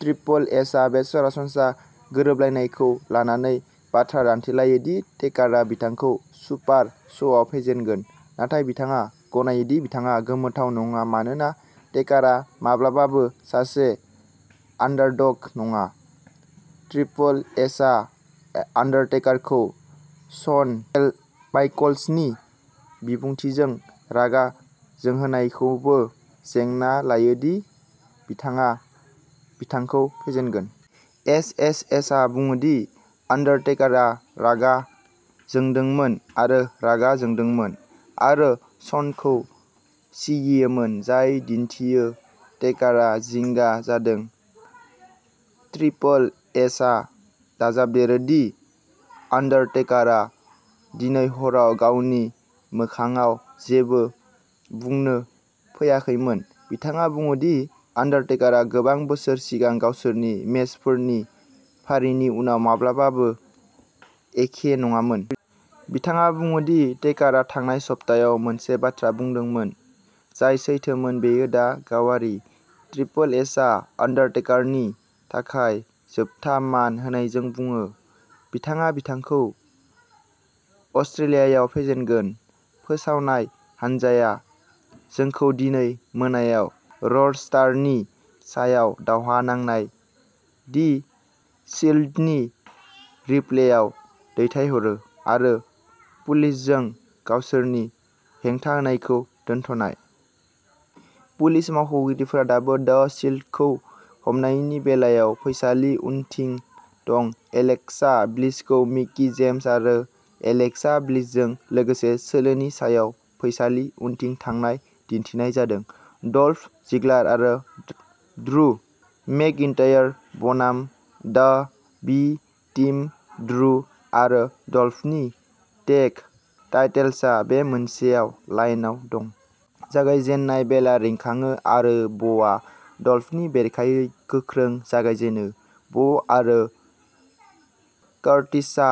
Triple एचआ बे सरासनस्रा गोरोबलायनायखौ लानानै बाथ्रा दानथेलायो दि टेकारआ बिथांखौ सुपार श'आव फेजेनगोन, नाथाय बिथाङा गनायो दि बिथाङा गोमोथाव नङा मानोना टेकारआ माब्लाबाबो सासे आन्डारडग नङा। ट्रिपल एचआ अन्डरटेकारखौ श'न माइकल्सनि बिबुंथिजों रागा जोंहोनायखौबो जेंना लायो दि बिथाङा बिथांखौ फेजेनगोन। एचएचएचआ बुङो दि अंडरटेकारआ रागा जोंदोंमोन आरो रागा जोंदोंमोन, आरो श'नखौ सिगियोमोन, जाय दिन्थियो टेकारआ जिंगा जादों। ट्रिपल एचआ दाजाबदेरो दि आन्डरटेकारआ दिनै हराव गावनि मोखांआव जेबो बुंनो फैयाखैमोन। बिथाङा बुङो दि आन्डरटेकारआ गोबां बोसोर सिगां गावसोरनि मेचफोरनि फारिनि उनाव माब्लाबाबो एखे नङामोन। बिथाङा बुङो दि टेकारआ थांनाय सप्तायाव मोनसे बाथ्रा बुंदोंमोन जाय सैथोमोन बेयो दा गावारि। ट्रिपल एचआ आन्डरटेकारनि थाखाय जोबथा मान होनायजों बुङो, बिथाङा बिथांखौ अस्ट्रेलियायाव फेजेनगोन। फोसावनाय हानजाया जोंखौ दिनै मोनायाव रस्टारनि सायाव दावहा नांनाय दि शील्डनि रिप्लेआव दैथायहरो, आरो पुलिसजों गावसोरनि हेंथा होनायखौ दोनथ'नाय। पुलिस मावख'गिरिफोरा दाबो द शील्डखौ हमनायनि बेलायाव फैसालि उनथिं दं। एलेक्सा ब्लिसखौ मिकी जेम्स आरो एलेक्सा ब्लिसजों लोगोसे सोलोनि सायाव फैसालि उनथिं थांनाय दिन्थिनाय जादों। डल्फ जिग्लार आरो ड्रु मैकइन्टायर बनाम दि बी टीम ड्रु आरो डल्फनि टेग टाइटल्सआ बे मोनसेआव लाइनआव दं। जागायजेननाय बेलआ रिंखाङो आरो ब'आ डल्फनि बेरेखायै गोख्रों जागायजेनो। ब' आरो कर्टिसआ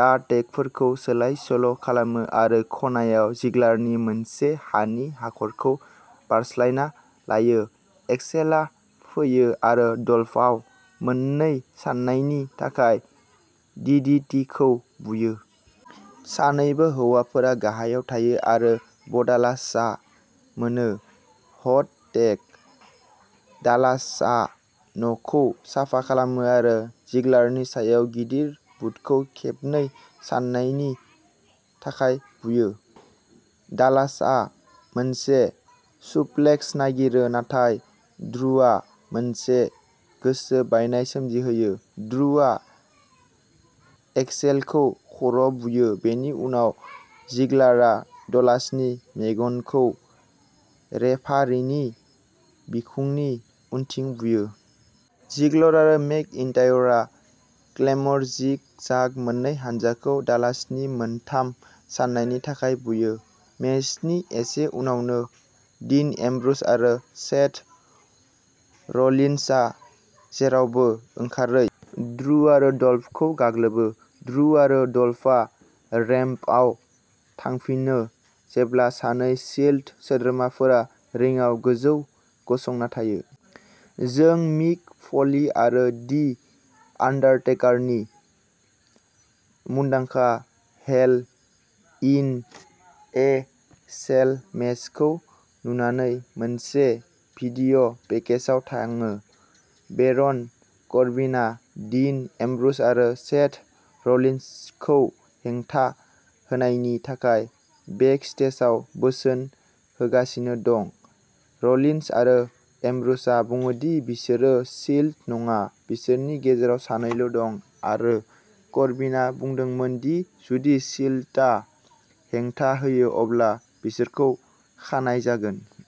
दा टेगफोरखौ सोलाय-सोल' खालामो आरो खनायाव जिग्लारनि मोनसे हानि हाखरखौ बारस्लायना लायो। एक्सेलआ फैयो आरो डल्फआव मोननै साननायनि थाखाय डिडिटिखौ बुयो। सानैबो हौवाफोरा गाहायाव थायो आरो ब'डालासआ मोनो। हट टेग डालासआ न'खौ साफा खालामो आरो जिगलारनि सायाव गिदिर बुटखौ खेबनै साननायनि थाखाय बुयो। डालासआ मोनसे सुप्लेक्स नागिरो, नाथाय ड्रुआ मोनसे गोसो बायनाय सोमजिहोयो। ड्रुआ एक्सेलखौ खर'आव बुयो, बेनि उनाव जिगलारआ डलासनि मेगनखौ रेफारिनि बिखुंनि उनथिं बुयो। जिगलार आरो मैकइन्टायरआ क्लेमर जिग जाग मोननै हान्जाखौ डालासनि मोनथाम साननायनि थाखाय बुयो। मेचनि एसे उनावनो, डीन एम्ब्र'ज आरो सेथ र'लिन्सआ जेरावबो ओंखारै ड्रु आरो डल्फखौ गाग्लोबो। ड्रु आरो डल्फआ रेम्पआव थांफिनो जेब्ला सानै शील्ड सोद्रोमाफोरा रिंआव गोजौ गसंना थायो। जों मिक फ'ली आरो दि आन्डारटेकारनि मुंदांखा हेल इन ए सेल मेचखौ नुनानै मोनसे भिडिय'पेकेजाव थाङो। बेरन करबिनआ डीन एम्ब्र'ज आरो सेथ र'लिन्सखौ हेंथा होनायनि थाखाय बेकस्टेजआव बोसोन होगासिनो दं। र'लिन्स आरो एम्ब्र'जआ बुङो दि बिसोरो शील्ड नङा, बिसोरनि गेजेराव सानैल' दं, आरो करबिनआ बुंदोंमोन दि जुदि शील्टआ हेंथा होयो अब्ला बिसोरखौ खानाय जागोन।